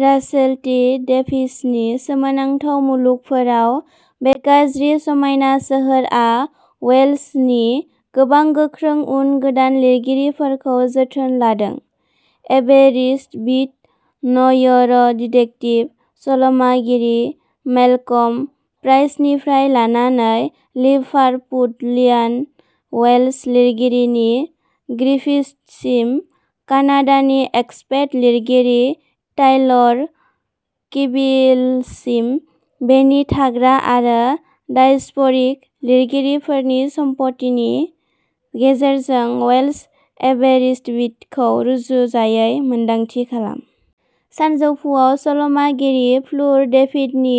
Russell T डेभिसनि सोमोनांथाव मुलुगफोराव, बे गाज्रि समायना सोहोरआ वेल्सनि गोबां गोख्रों उन गोदान लिरगिरिफोरखौ जोथोन लादों। एबेरिष्टविथ न'इर'डिटेक्टिभ सल'मागिरि मेलकम प्राइसनिफ्राय लानानै लिभारपुडलियान वेल्श लिरगिरिनि ग्रिफिथ्ससिम, कानाडानि एक्सपेट लिरगिरि टाइलर किविलसिम, बेनि थाग्रा आरो डायस्प'रिक लिरगिरिफोरनि सम्पथिनि गेजेरजों वेल्श एबेरिष्टविथखौ रुजुजायै मोन्दांथि खालाम। सानजौफुआव सल'मागिरि फ्लुर डेफिडनि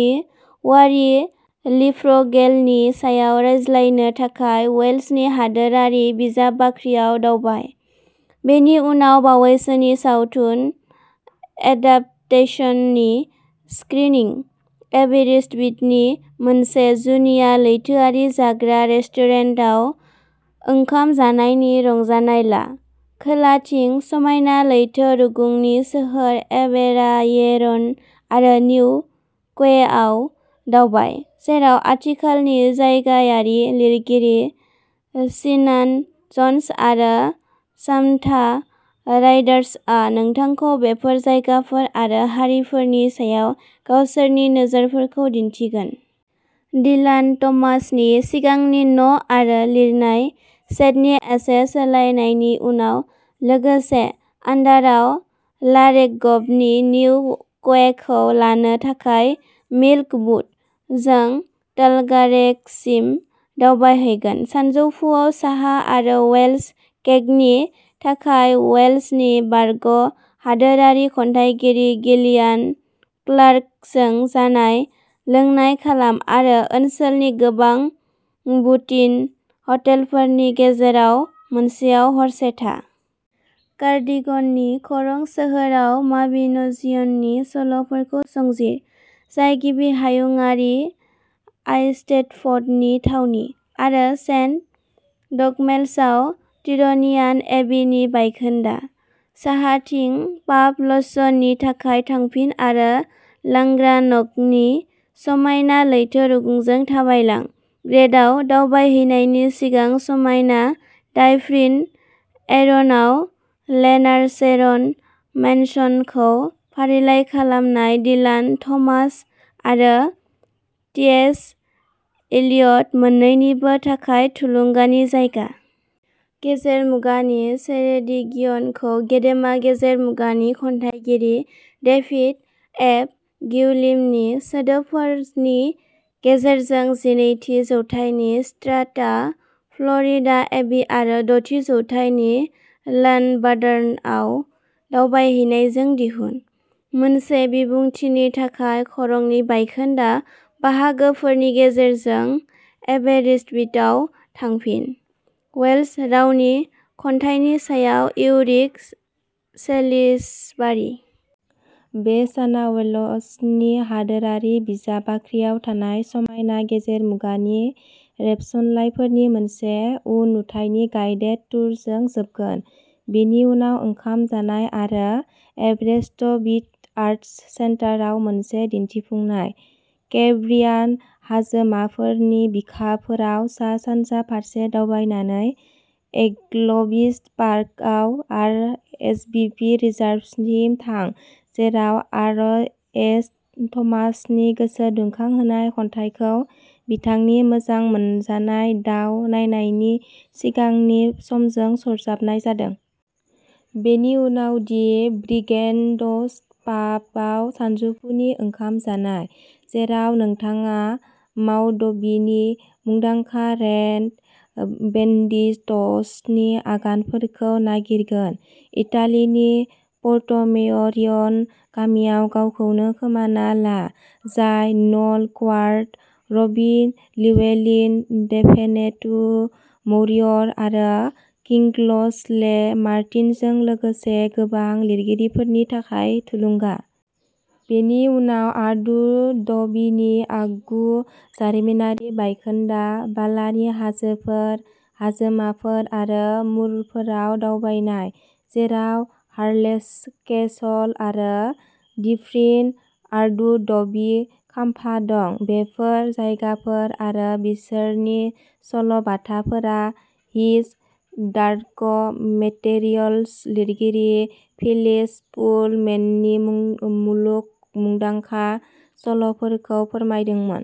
वार ई लिफ्रगेलनि सायाव रायज्लायनो थाखाय वेल्सनि हादोरारि बिजाब बाख्रियाव दावबाय, बेनि उनाव बावैसोनि सावथुन एडाप्टेसननि स्क्रिनिं। एबेरिष्टविथनि मोनसे जुनिया लैथोआरि जाग्रा रेस्टुरेन्टाव ओंखाम जानायनि रंजानाय ला। खोलाथिं समायना लैथो रुगुंनि सोहोर एबेराएरन आरो निउ क्वेआव दावबाय, जेराव आथिखालनि जायगायारि लिरगिरि सिनान जन्स आरो सामन्था राइडार्चआ नोंथांखौ बेफोर जायगाफोर आरो हारिफोरनि सायाव गावसोरनि नोजोरफोरखौ दिन्थिगोन। डिलान थमासनि सिगांनि न'आरो लिरनाय सेडनि एसे सोलायनायनि उनाव, लोगोसे आन्डारआव लारेगगबनि निउ क्वेखौ लानो थाखाय मिल्क वुड जों टालगारेगसिम दावबायहैगोन सानजौफुआव साहा आरो वेल्स केकनि थाखाय वेल्सनि बारग' हादोरारि खन्थाइगिरि गिलियान क्लार्कजों जानाय लोंनाय खालाम आरो ओनसोलनि गोबां बुटिक हटेलफोरनि गेजेराव मोनसेयाव हरसे था। कार्डिगननि खरं सोहोराव माबिन'जिय'ननि सल'फोरखौ संजिर, जाय गिबि हायुंआरि आइस्टेडफ'डनि थावनि, आरो सेन्ट डगमेल्सआव टिर'नियान एबीनि बायखोन्दा। साहाथिं पाब लञ्चनि थाखाय थांफिन आरो ल्लांग्रान'गनि समायना लैथो रुगुंजों थाबायलां, ग्रेडआव दावबायहैनायनि सिगां समायना डाइफ्रिन एर'नआव ल्लेनारचेरन मेनसनखौ फारिलाइ खालामनाय डिलान थमास आरो टीएस इलियट मोन्नैनिबो थाखाय थुलुंगानि जायगा। गेजेर मुगानि सेरेडिगियनखौ गेदेमा गेजेर मुगानि खन्थाइगिरि डेफिड एप ग्विलिमनि सोदोबफोरनि गेजेरजों जिनैथि जौथाइनि स्ट्राटा फ्ल'रिडा एबी आरो द'थि जौथाइनि ल्लानबाडार्नआव दावबायहैनायजों दिहुन। मोनसे बिबुंथिनि थाखाय खरंनि बायखोन्दा बाहागोफोरनि गेजेरजों एबेरेस्टविथआव थांफिन। वेल्श रावनि खन्थाइनि सायाव इउरिग सेलिसबारि। बे साना वेल्सनि हादोरारि बिजाब बाख्रियाव थानाय समायना गेजेर मुगानि रेबसनलाइफोरनि मोनसे उन नुथायनि गाइडेड टुरजों जोबगोन। बेनि उनाव ओंखाम जानाय आरो एबेरेस्टविथ' आर्टस सेन्टाराव मोनसे दिन्थिफुंनाय। केम्ब्रियान हाजोमाफोरनि बिखाफोराव सा सानजा फारसे दावबायनानै एग्लविस फाकआव आर एस बिपि रिजार्भसिम थां, जेराव आरएस थमासनि गोसो दुंखांहोनाय खन्थाइखौ बिथांनि मोजां मोनजानाय दाव नायनायनि सिगांनि समजों सरजाबनाय जादों। बेनि उनाव दि ब्रिगेन्डस पाबआव सानजौफुनि ओंखाम जानाय, जेराव नोंथाङा मावडविनि मुंदांखा रेड बेन्डिट्सनि आगानफोरखौ नागिरगोन। इटालीनि पर्टमेयरियन गामियाव गावखौनो खोमाना ला, जाय Noel Coward, Robin Llewellyn, Daphne du Maurier आरो किंग्सले मार्टिनजों लोगोसे गोबां लिरगिरिफोरनि थाखाय थुलुंगा। बेनि उनाव आर्डुडविनि आगु जारिमिनारि बायखोन्दा, बालानि हाजोफोर, हाजोमाफोर आरो मुरफोराव दावबायनाय, जेराव हार्लेच केसल आरो डिफ्रीन आर्डुडवि खामफा दं। बेफोर जायगाफोर आरो बिसोरनि सल' बाथाफोरा हिज डार्क' मेटेरियल्स लिरगिरि फिलिस पुल मेननि मुन-मुलुग मुंदांखा सल'फोरखौ फोरमायदोंमोन।